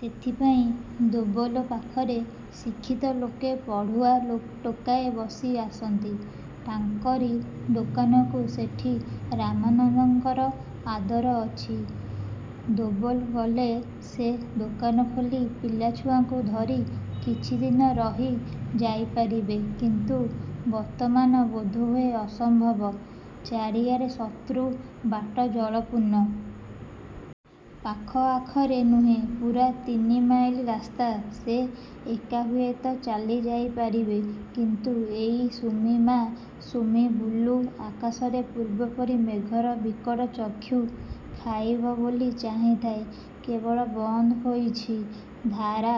ସେଥିପାଇଁ ଦୋବଲ ପାଖରେ ଶିକ୍ଷିତ ଲୋକେ ପଢ଼ୁଆ ଟୋକାଏ ବେଶି ଆସନ୍ତି ତାଙ୍କରି ଦୋକାନକୁ। ସେଠି ରାମାନନ୍ଦଙ୍କର ଆଦର ଅଛି। ଦୋବଲ ଗଲେ ସେ ଦୋକାନ ଖୋଲି ପିଲା-ଛୁଆଙ୍କୁ ଧରି କିଛିଦିନ ରହି ଯାଇପାରିବେ। କିନ୍ତୁ ବର୍ତ୍ତମାନ ବୋଧହୁଏ ଅସମ୍ଭବ। ଚାରିଆଡ଼େ ଶତ୍ରୁ। ବାଟ ଜଳପୂର୍ଣ୍ଣ। ପାଖଆଖରେ ନୁହେଁ–ପୂରା ତିନିମାଇଲ ରାସ୍ତା। ସେ ଏକା ହୁଏତ ଚାଲି ଯାଇପାରିବେ–କିନ୍ତୁ ଏଇ ସୁମି-ମା, ସୁମି, ବୁଲୁ? ଆକାଶରେ ପୂର୍ବପରି ମେଘର ବିକଟ ଚକ୍ଷୁ ଖାଇବ ବୋଲି ଚାହିଁଥାଏ। କେବଳ ବନ୍ଦ ହୋଇଛି ଧାରା।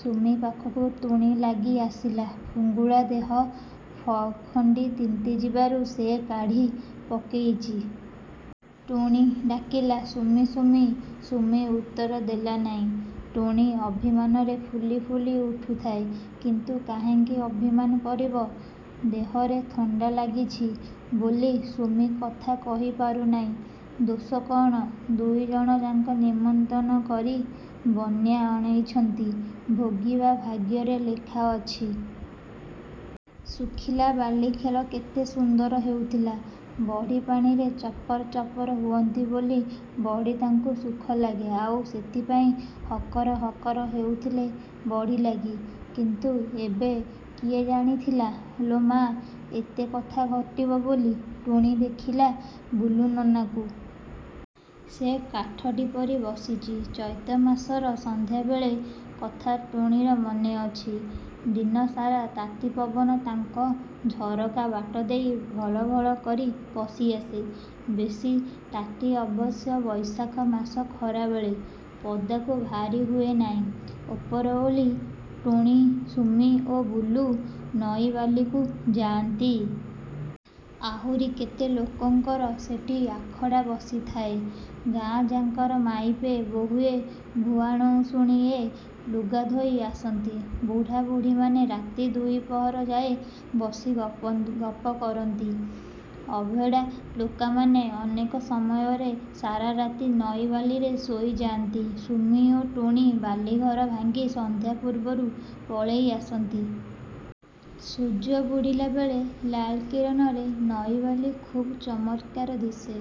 ସୁମି ପାଖକୁ ଟୁନୀ ଲାଗି ଆସିଲା। ଫୁଙ୍ଗୁଳା ଦେହ। ଫକ୍ ଖଣ୍ଡି ତିନ୍ତିଯିବାରୁ ସେ କାଢ଼ି ପକେଇଚି। ଟୁଣି ଡାକିଲା–'ସୁମି! ସୁମି! ' ସୁମି ଉତ୍ତର ଦେଲାନାଇଁ। ଟୁଣି ଅଭିମାନରେ ଫୁଲି ଫୁଲି ଉଠୁଥାଏ। କିନ୍ତୁ କାହିଁକି ଅଭିମାନ କରିବ। ଦେହରେ ଥଣ୍ଡା ଲାଗିଚି ବୋଲି ସୁମି କଥା କହି ପାରୁନାଇଁ। ଦୋଷ କଣ? ଦୁଇଜଣଯାକ ନିମନ୍ତ୍ରଣ କରି ବନ୍ୟା ଅଣେଇଛନ୍ତି। ଭୋଗିବା ଭାଗ୍ୟରେ ଲେଖାଅଛି। ଶୁଖିଲା ବାଲିଖେଳ କେତେ ସୁନ୍ଦର ହେଉଥିଲା। ବଢ଼ିପାଣିରେ ଚପର ଚପର ହୁଅନ୍ତି ବୋଲି ବଢ଼ି ତାଙ୍କୁ ସୁଖ ଲାଗେ ଆଉ ସେଥିପାଇଁ ହକର ହକର ହେଉଥିଲେ ବଢ଼ି ଲାଗି। କିନ୍ତୁ ଏବେ? କିଏ ଜାଣିଥିଲା ଲୋ ମା ଏତେକଥା ଘଟିବ ବୋଲି। ଟୁଣି ଦେଖିଲା ବୁଲୁ ନନାକୁ। ସେ କାଠଟି ପରି ବସିଚି। ଚୈତ୍ମାସର ସଂଧ୍ୟା ବେଳ କଥା ଟୁଣିର ମନେଅଛି। ଦିନ ସାରା ତାତି ପବନ ତାଙ୍କ ଝରକା ବାଟଦେଇ ଭଳ ଭଳ କରି ପଶିଆସେ। ବେଶି ତାତି ଅବଶ୍ୟ ବୈଶାଖ ମାସ ଖରାବେଳେ, ପଦାକୁ ବାହାରି ହୁଏ ନାଇଁ। ଉପରଓଳି ଟୁଣି, ସୁମି ଓ ବୁଲୁ ନଈବାଲିକୁ ଯାଆନ୍ତି। ଆହୁରି କେତେ ଲୋକଙ୍କର ସେଠି ଆଖଡ଼ା ବସିଥାଏ। ଗାଁ ଯାଙ୍କର ମାଇପେ, ବୋହୂଏ, ଭୁଆଣସୁଣୀଏ ଲୁଗାଧୋଇ ଆସନ୍ତି। ବୁଢ଼ା ବୁଢ଼ୀମାନେ ରାତି ଦୁଇପହର ଯାଏ ବସି ଗପନ୍ତି ଗପ କରନ୍ତି। ଅଭେଡ଼ା ଟୋକାମାନେ ଅନେକ ସମୟରେ ସାରା ରାତି ନଈବାଲିରେ ଶୋଇ ଯାଆନ୍ତି। ସୁମି ଓ ଟୁଣି ବାଲିଘର ଭାଙ୍ଗି ସଂଧ୍ୟା ପୂର୍ବରୁ ପଳେଇ ଆସନ୍ତି। ସୂର୍ଯ୍ୟ ବୁଡ଼ିଲାବେଳେ ଲାଲକିରଣରେ ନଈବାଲି ଖୁବ୍ ଚମତ୍କାର ଦିଶେ।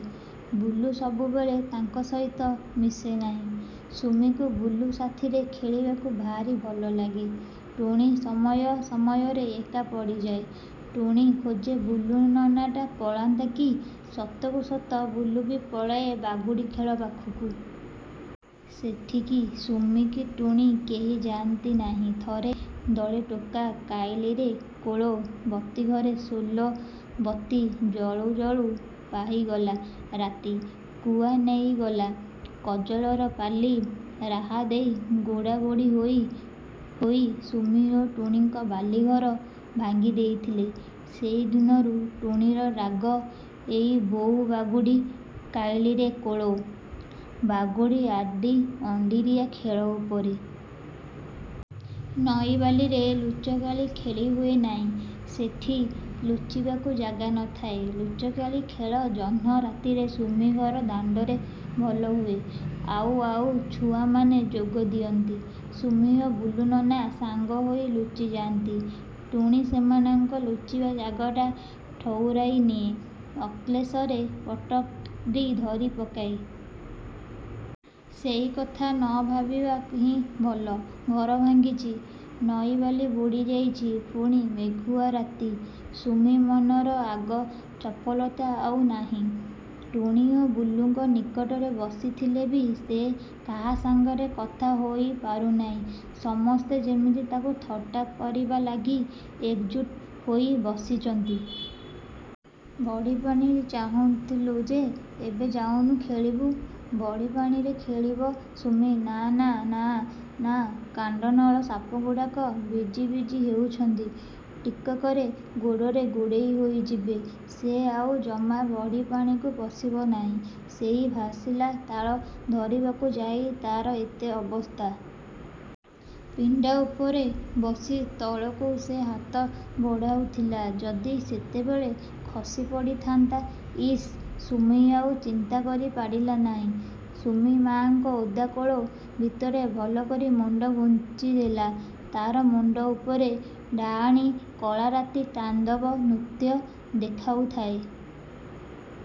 ବୁଲୁ ସବୁବେଳେ ତାଙ୍କ ସହିତ ମିଶେନାହିଁ। ସୁମିକୁ ବୁଲୁ ସାଥୀରେ ଖେଳିବାକୁ ଭାରି ଭଲଲାଗେ। ଟୁଣି ସମୟ ସମୟରେ ଏକା ପଡ଼ିଯାଏ। ଟୁଣି ଖୋଜେ ବୁଲୁ ନନାଟା ପଳାନ୍ତା କି? ସତକୁ ସତ ବୁଲୁ ବି ପଳାଏ ବାଗୁଡ଼ି ଖେଳ ପାଖକୁ। ସେଠିକି ସୁମି କି ଟୁଣି କେହିଯାଆନ୍ତି ନାହିଁ। ଥରେ ଦଳେ ଟୋକା ''କାଇଲିରେ କୋଳ, ବତିଘରେ ଶୋଲ। ବତି ଜଳୁଜଳୁ ପାହିଗଲା ରାତି। କୁଆ ନେଇଗଲା କଜଳର ପାଲି। ''–ରାହାଦେଇ ଗୋଡ଼ା ଗୋଡ଼ି ହୋଇ ହୋଇ ସୁମି ଓ ଟୁଣିଙ୍କ ବାଲିଘର ଭାଙ୍ଗି ଦେଇଥିଲେ। ସେଇଦିନରୁ ଟୁଣିର ରାଗ ଏଇ 'ବୋଉ ବାଗୁଡ଼ି', 'କାଇଲିରେ କୋଳ', ବାଗୁଡ଼ି ଆଦି ଅଣ୍ଡିରିଆ ଖେଳ ଉପରେ। ନଈବାଲିରେ ଲୁଚକାଳି ଖେଳି ହୁଏ ନାହିଁ। ସେଠି ଲୁଚିବାକୁ ଜାଗା ନଥାଏ। ଲୁଚକାଳି ଖେଳ ଜହ୍ନ ରାତିରେ ସୁମିଘର ଦାଣ୍ଡରେ ଭଲ ହୁଏ। ଆଉ ଆଉ ଛୁଆମାନେ ଯୋଗଦିଅନ୍ତି। ସୁମି ଓ ବୁଲୁନନା ସାଙ୍ଗ ହୋଇ ଲୁଚିଯାନ୍ତି। ଟୁନୀ ସେମାନଙ୍କ ଲୁଚିବା ଜାଗଟା ଠଉରାଇନିଏ ଅକ୍ଲେଶରେ ପଟକ୍ଟ ଦେଇ ଧରି ପକାଏ। ସେଇକଥା ନଭାବିବା ହିଁ ଭଲ। ଘର ଭାଙ୍ଗିଚି, ନଈବାଲି ବୁଡ଼ିଯାଇଚି, ପୁଣି ମେଘୁଆ ରାତି। ସୁମି ମନର ଆଗ ଚପଲତା ଆଉ ନାହିଁ। ଟୁଣି ଓ ବୁଲୁଙ୍କ ନିକଟରେ ବସିଥିଲେ ବି ସେ କାହାସାଙ୍ଗରେ କଥା ହୋଇ ପାରୁନାଇଁ। ସମସ୍ତେ ଯେମିତି ତାକୁ ଥଟ୍ଟା କରିବାଲାଗି ଏକଜୁଟ ହୋଇ ବସିଛନ୍ତି। 'ବଢ଼ିପାଣି ଚାହୁଁଥିଲୁ ଯେ? ଏବେ ଯାଉନୁ ଖେଳିବୁ। ' ବଢ଼ିପାଣିରେ ଖେଳିବ ସୁମି? ନାନା ନା-ନା। କାଣ୍ଡନଳ ସାପଗୁଡାକ ବିଜି ବିଜି ହେଉଛନ୍ତି। ଟିକକରେ ଗୋଡ଼ରେ ଗୁଡ଼େଇ ହୋଇଯିବେ। ସେ ଆଉ ଜମା ବଢ଼ିପାଣିକୁ ପଶିବ ନାଇଁ। ସେଇ ଭାସିଲା ତାଳ ଧରିବାକୁ ଯାଇ ତାର ଏତେ ଅବସ୍ଥା। ପିଣ୍ଡା ଉପରେ ବସି ତଳକୁ ସେ ହାତ ବଢ଼ାଉଥିଲା; ଯଦି ସେତେବେଳେ ଖସିପଡ଼ିଥାନ୍ତା? ଇସ୍ ସୁମି ଆଉ ଚିନ୍ତାକରି ପାରିଲା ନାଇଁ। ସୁମି-ମାଙ୍କ ଓଦାକୋଳ ଭିତରେ ଭଲକରି ମୁଣ୍ଡ ଗୁଞ୍ଜିଦେଲା। ତାର ମୁଣ୍ଡ ଉପରେ ଡାଆଣୀ କଳାରାତି ତାଣ୍ଡବ ନୃତ୍ୟ ଦେଖାଉଥାଏ।